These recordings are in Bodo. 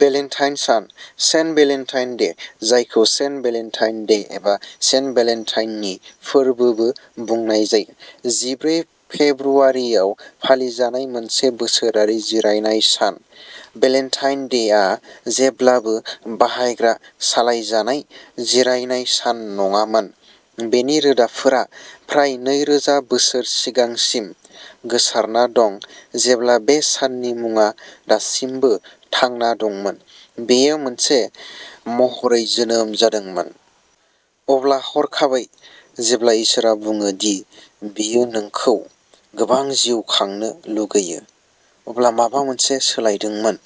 भेलेन्टाइन सान, सेन्ट भेलेन्टाइन डे, जायखौ सेन्ट भेलेन्टाइन डे एबा सेन्ट भेलेन्टाइननि फोरबोबो बुंनाय जायो, जिब्रै फेब्रुवारियाव फालिजानाय मोनसे बोसोरारि जिरायनाय सान। भेलेन्टाइन डेआ जेब्लाबो बाहायग्रा-सालायजानाय जिरायनाय सान नङामोन बेनि रोदाफोरा फ्राय नैरोजा बोसोर सिगांसिम गोसारना दं जेब्ला बे साननि मुङा दासिमबो थांना दंमोन, बेयो मोनसे महरै जोनोम जादोंमोन। अब्ला हरखाबै जेब्ला इसोरा बुङो दि बियो नोंखौ गोबां जिउ खांनो लुगैयो, अब्ला माबा मोनसे सोलायदोंमोन,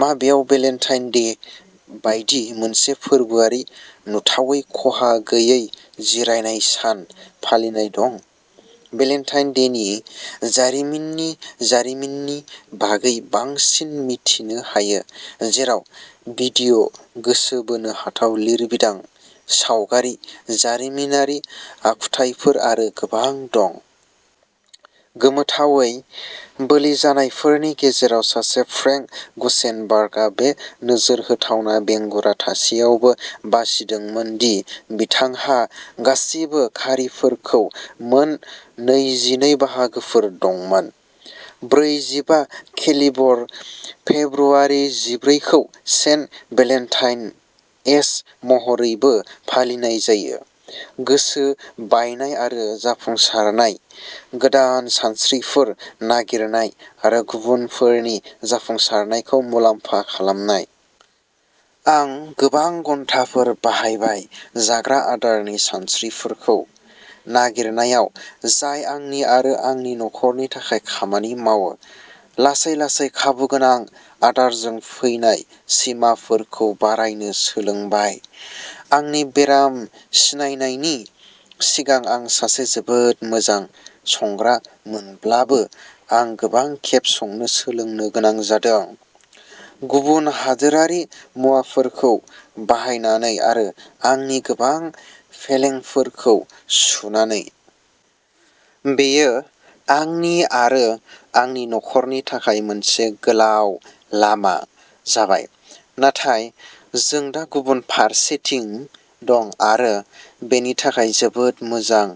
मा बेयाव भेलेन्टाइन डे बायदि मोनसे फोरबोआरि, नुथावै खहा गैयै जिरायनाय सान फालिनाय दं? भेलेन्टाइन डेनि जारिमिननि जारिमिननि बागै बांसिन मिथिनो हायो, जेराव भिडिअ, गोसो बोनो हाथाव लिरबिदां, सावगारि, जारिमिनारि आखुथायफोर आरो गोबां दं। गोमोथावै, बोलिजानायफोरनि गेजेराव सासे, फ्रेंक गुसेनबार्गआ बे नोजोर होथावना बेंगुरा थासेयावबो बासिदोंमोन दि बिथांहा गासिबो खारिफोरखौ मोन नैजिनै बाहागोफोर दंमोन। ब्रैजिबा-केलिबर फेब्रुवारि जिब्रै खौ सेन्ट भेलेन्टाइन एस महरैबो फालिनाय जायो। गोसो बायनाय आरो जाफुंसारनाय, गोदान सानस्रिफोर नागिरनाय, आरो गुबुनफोरनि जाफुंसारनायखौ मुलामफा खालामनाय। आं गोबां घन्टाफोर बाहायबाय जाग्रा आदारनि सानस्रिफोरखौ नागिरनायाव जाय आंनि आरो आंनि नखरनि थाखाय खामानि मावो, लासै-लासै खाबुगोनां आदारजों फैनाय सिमाफोरखौ बारायनो सोलोंबाय। आंनि बेराम सिनायनायनि सिगां आं सासे जोबोद मोजां संग्रा मोनब्लाबो आं गोबां खेब संनो सोलोंनो गोनां जादों, गुबुन हादोरारि मुवाफोरखौ बाहायनानै आरो आंनि गोबां फेलेंफोरखौ सुनानै। बेयो आंनि आरो आंनि नखरनि थाखाय मोनसे गोलाव लामा जाबाय, नाथाय जों दा गुबुन फारसेथिं दं आरो बेनि थाखाय जोबोद मोजां।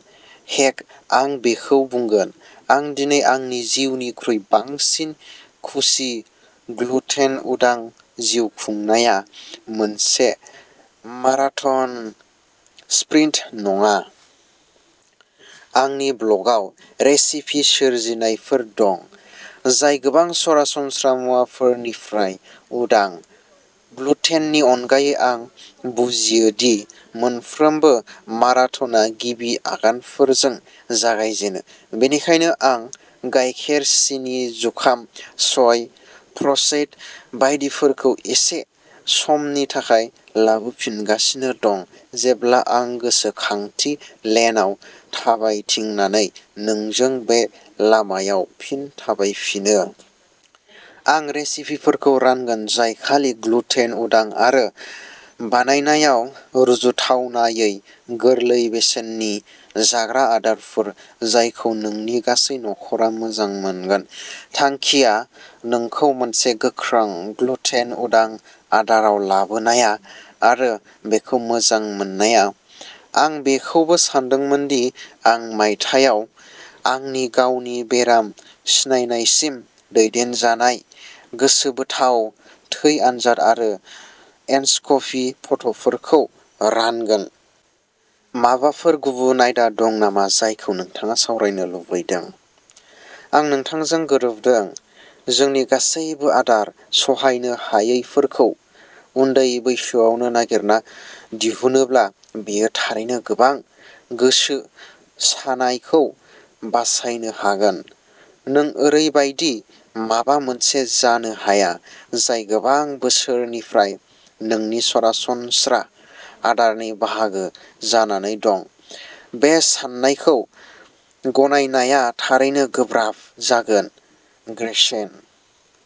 हेक आं बेखौ बुंगोन। आं दिनै आंनि जिउनिख्रुइ बांसिन खुसि ग्लुटेन-उदां जिउ खुंनाया मोनसे माराथन, स्प्रिन्ट नङा। आंनि ब्लग आव रेसिपि सोरजिनायफोर दं जाय गोबां सरासनस्रा मुवाफोरनिफ्राय उदां। ग्लुटेननि अनगायै आं बुजियो दि मोनफ्रोमबो माराथनआ गिबि आगानफोरजों जागायजेनो, बेनिखायनो आं गाइखेर, सिनि, जुखाम, सय, प्रसेस्ड बायदिफोरखौ एसे समनि थाखाय लाबोफिनगासिनो दं, जेब्ला आं गोसोखांथि लेनआव थाबायथिंनानै नोंजों बे लामायाव फिन थाबायफिनो। आं रेसिपिफोरखौ रानगोन जाय खालि ग्लुटेन-उदां आरो बानायनायाव रुजुथावनायै गोरलै बेसेननि, जाग्रा आदारफोर जायखौ नोंनि गासै नखरा मोजां मोनगोन। थांखिया नोंखौ मोनसे गोख्रों ग्लुटेन-उदां आदाराव लाबोनाया आरो बेखौ मोजां मोननाया। आं बेखौबो सानदोंमोन दि आं मायथाइयाव आंनि गावनि बेराम सिनायनायसिम दैदेनजानाय गोसोबोथाव थै आनजाद आरो एन्डस्कपि फट'फोरखौ रानगोन। माबाफोर गुबुन आयदा दं नामा जायखौ नोंथाङा सावरायनो लुबैदों? आं नोंथांजों गोरोबदों। जोंनि गासैबो आदार सहायनो हायैफोरखौ उन्दै बैसोआवनो नागिरना दिहुनोब्ला बेयो थारैनो गोबां "गोसो सानाय" खौ बासायनो हागोन। नों ओरैबायदि माबा मोनसे जानो हाया, जाय गोबां बोसोरनिफ्राय नोंनि सरासनस्रा आदारनि बाहागो जानानै दं, बे साननायखौ गनायनाया थारैनो गोब्राब जागोन ग्रेचेन।